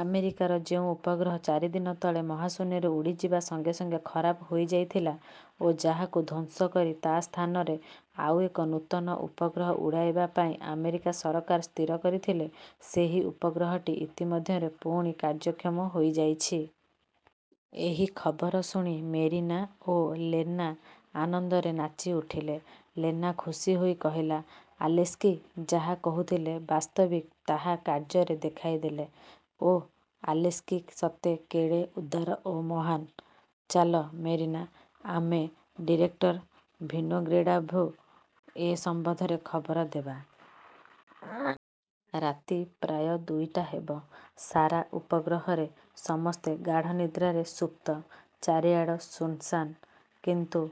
''ଆମେରିକାର ଯେଉଁ ଉପଗ୍ରହ ଚାରିଦିନ ତଳେ ମହାଶୂନ୍ୟରେ ଉଡ଼ିଯିବା ସଙ୍ଗେ ସଙ୍ଗେ ଖରାପ ହୋଇଯାଇଥିଲା ଓ ଯାହାକୁ ଧ୍ୱଂସ କରି ତା ସ୍ଥାନରେ ଆଉ ଏକ ନୂତନ ଉପଗ୍ରହ ଉଡ଼ାଇବା ପାଇଁ ଆମେରିକା ସରକାର ସ୍ଥିର କରିଥିଲେ, ସେହି ଉପଗ୍ରହଟି ଇତିମଧ୍ୟରେ ପୁଣି କାର୍ଯ୍ୟକ୍ଷମ ହୋଇଯାଇଛି। ଏହି ଖବର ଶୁଣି ମେରିନା ଓ ଲେନା ଆନନ୍ଦରେ ନାଚି ଉଠିଲେ। ଲେନା ଖୁସି ହୋଇ କହିଲା, ''ଆଲେସ୍କି ଯାହା କହୁଥିଲେ, ବାସ୍ତବିକ୍ ତାହା କାର୍ଯ୍ୟରେ ଦେଖାଇ ଦେଲେ। ଓଃ! ଆଲେସ୍କି ସତେ କେଡ଼େ ଉଦାର ଓ ମହାନ୍! ଚାଲ ମେରିନା, ଆମେ ଡିରେକ୍ଟର ଭିନୋଗ୍ରେଡ଼ୋଭ୍ଙ୍କୁ ଏ ସମ୍ବନ୍ଧରେ ଖବର ଦେବା। ରାତି ପ୍ରାୟ ଦୁଇଟା ହେବ। ସାରା ଉପଗ୍ରହରେ ସମସ୍ତେ ଗାଢ଼ ନିଦ୍ରାରେ ସୁପ୍ତ। ଚାରିଆଡ଼ ଶୂନ୍ସାନ୍। କିନ୍ତୁ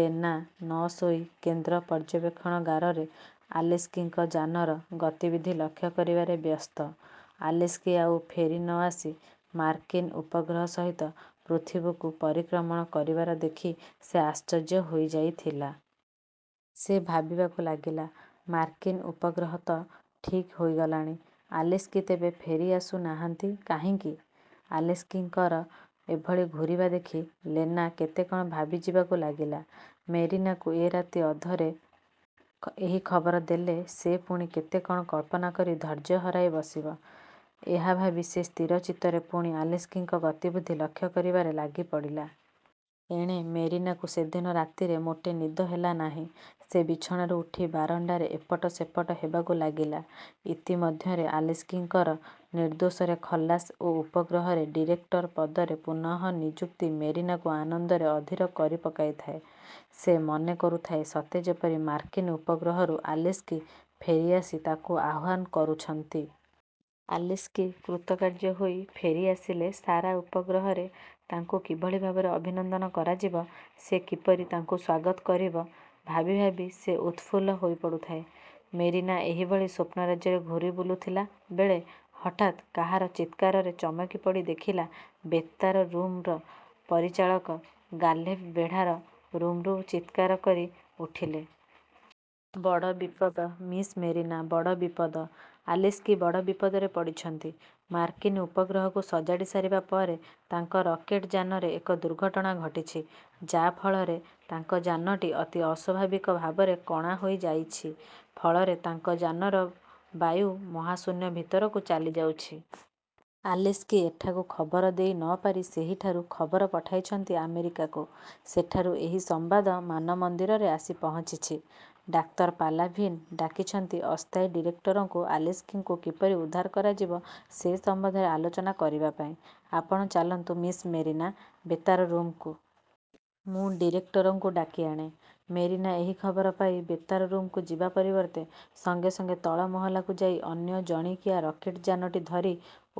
ଲେନା ନ ଶୋଇ କେନ୍ଦ୍ର ପର୍ଯ୍ୟବେକ୍ଷଣାଗାରରେ ଆଲେସ୍କିଙ୍କ ଯାନର ଗତିବିଧି ଲକ୍ଷ୍ୟ କରିବାରେ ବ୍ୟସ୍ତ। ଆଲେସ୍କି ଆଉ ଫେରି ନ ଆସି ମାର୍କିନ୍ ଉପଗ୍ରହ ସହିତ ପୃଥିବୀକୁ ପରିକ୍ରମଣ କରିବାର ଦେଖି ସେ ଆଶ୍ଚର୍ଯ୍ୟ ହୋଇ ଯାଇଥିଲା। ସେ ଭାବିବାକୁ ଲାଗିଲା-ମାର୍କିନ୍ ଉପଗ୍ରହ ତ ଠିକ୍ ହୋଇଗଲାଣି; ଆଲେସ୍କି ତେବେ ଫେରି ଆସୁ ନାହାନ୍ତି କାହିଁକି? ଆଲେସ୍କିଙ୍କର ଏଭଳି ଘୂରିବା ଦେଖି ଲେନା କେତେ କ'ଣ ଭାବିଯିବାକୁ ଲାଗିଲା। ମେରିନାକୁ ଏ ରାତି ଅଧରେ ଏହି ଖବର ଦେଲେ ସେ ପୁଣି କେତେ କ'ଣ କଳ୍ପନା କରି ଧୈର୍ଯ୍ୟ ହରାଇ ବସିବ, ଏହା ଭାବି ସେ ସ୍ଥିର ଚିତ୍ତରେ ପୁଣି ଆଲେସ୍କିଙ୍କ ଗତିବିଧି ଲକ୍ଷ୍ୟ କରିବାରେ ଲାଗିପଡ଼ିଲା। ଏଣେ ମେରିନାକୁ ସେଦିନ ରାତିରେ ମୋଟେ ନିଦ ହେଲା ନାହିଁ। ସେ ବିଛଣାରୁ ଉଠି ବାରଣ୍ଡାରେ ଏପଟ ସେପଟ ହେବାକୁ ଲାଗିଲା। ଇତିମଧ୍ୟରେ ଆଲେସ୍କିଙ୍କର ନିର୍ଦ୍ଦୋଷରେ ଖଲାସ ଓ ଉପଗ୍ରହରେ ଡିରେକ୍ଟର ପଦରେ ପୁନଃ ନିଯୁକ୍ତି ମେରିନାକୁ ଆନନ୍ଦରେ ଅଧିର କରି ପକାଇଥାଏ-। ସେ ମନେ କରୁଥାଏ ସତେ ଯେପରି ମାର୍କିନ୍ ଉପଗ୍ରହରୁ ଆଲେସ୍କି ଫେରିଆସି ତାକୁ ଆହ୍ୱାନ କରୁଛନ୍ତି। ଆଲେସ୍କି କୃତକାର୍ଯ୍ୟ ହୋଇ ଫେରିଆସିଲେ ସାରା ଉପଗ୍ରହରେ ତାଙ୍କୁ କିଭଳି ଭାବରେ ଅଭିନନ୍ଦନ କରାଯିବ, ସେ କିପରି ତାଙ୍କୁ ସ୍ୱାଗତ କରିବ, ଭାବି ଭାବି ସେ ଉତ୍ଫୁଲ୍ଲ ହୋଇପଡ଼ୁଥାଏ-। ମେରିନା ଏହିଭଳି ସ୍ୱପ୍ନ-ରାଜ୍ୟରେ ଘୂରି ବୁଲୁଥିଲା ବେଳେ ହଠାତ୍ କାହାର ଚିତ୍କାରରେ ଚମକି ପଡ଼ି ଦେଖିଲା ବେତାର ରୁମ୍ର ପରିଚାଳକ ଗୋଲେଭ୍ ବେଢ଼ାର ରୁମ୍ରୁ ଚିତ୍କାର କରି ଉଠିଲେ-। ''ବଡ଼ ବିପଦ ମିସ୍ ମେରିନା, ବଡ଼ ବିପଦ। ଆଲେସ୍କି ବଡ଼ ବିପଦରେ ପଡ଼ିଛନ୍ତି। ମାର୍କିନ୍ ଉପଗ୍ରହକୁ ସଜାଡ଼ି ସାରିବା ପରେ ତାଙ୍କ ରକେଟ୍ ଯାନରେ ଏକ ଦୁର୍ଘଟଣା ଘଟିଛି; ଯା'ଫଳରେ ତାଙ୍କ ଯାନଟି ଅତି ଅସ୍ୱାଭାବିକ ଭାବରେ କଣା ହୋଇ ଯାଇଛି। ଫଳରେ ତାଙ୍କ ଯାନର ବାୟୁ ମହାଶୂନ୍ୟ ଭିତରକୁ ଚାଲିଯାଉଛି। ଆଲେସ୍କି ଏଠାକୁ ଖବର ଦେଇ ନ ପାରି ସେହିଠାରୁ ଖବର ପଠାଇଛନ୍ତି ଆମେରିକାକୁ। ସେଠାରୁ ଏହି ସମ୍ୱାଦ ମାନମନ୍ଦିରରେ ଆସି ପହଞ୍ଚିଛି। ଡାକ୍ତର ପାଲାଭିନ୍ ଡାକିଛନ୍ତି ଆସ୍ଥାୟୀ ଡିରେକ୍ଟରଙ୍କୁ ଆଲେସ୍କିଙ୍କୁ କିପରି ଉଦ୍ଧାର କରାଯିବ ସେ ସମ୍ୱନ୍ଧରେ ଆଲୋଚନା କରିବାପାଇଁ। ଆପଣ ଚାଲନ୍ତୁ ମିସ୍ ମେରିନା, ବେତାର ରୁମ୍କୁ। ମୁଁ ଡିରେକ୍ଟରଙ୍କୁ ଡାକିଆଣେ। '' ମେରିନା ଏହି ଖବର ପାଇ ବେତାର ରୁମ୍କୁ ଯିବା ପରିବର୍ତ୍ତେ, ସଙ୍ଗେ ସଙ୍ଗେ ତଳ ମହଲାକୁ ଯାଇ ଅନ୍ୟ ଜଣିକିଆ ରକେଟ୍ ଯାନଟି ଧରି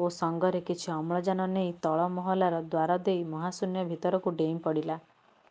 ଓ ସଙ୍ଗରେ କିଛି ଅମ୍ଳଜାନ ନେଇ ତଳ ମହାଲାର ଦ୍ୱାର ଦେଇ ମହାଶୂନ୍ୟ ଭିତରକୁ ଡେଇଁପଡ଼ିଲା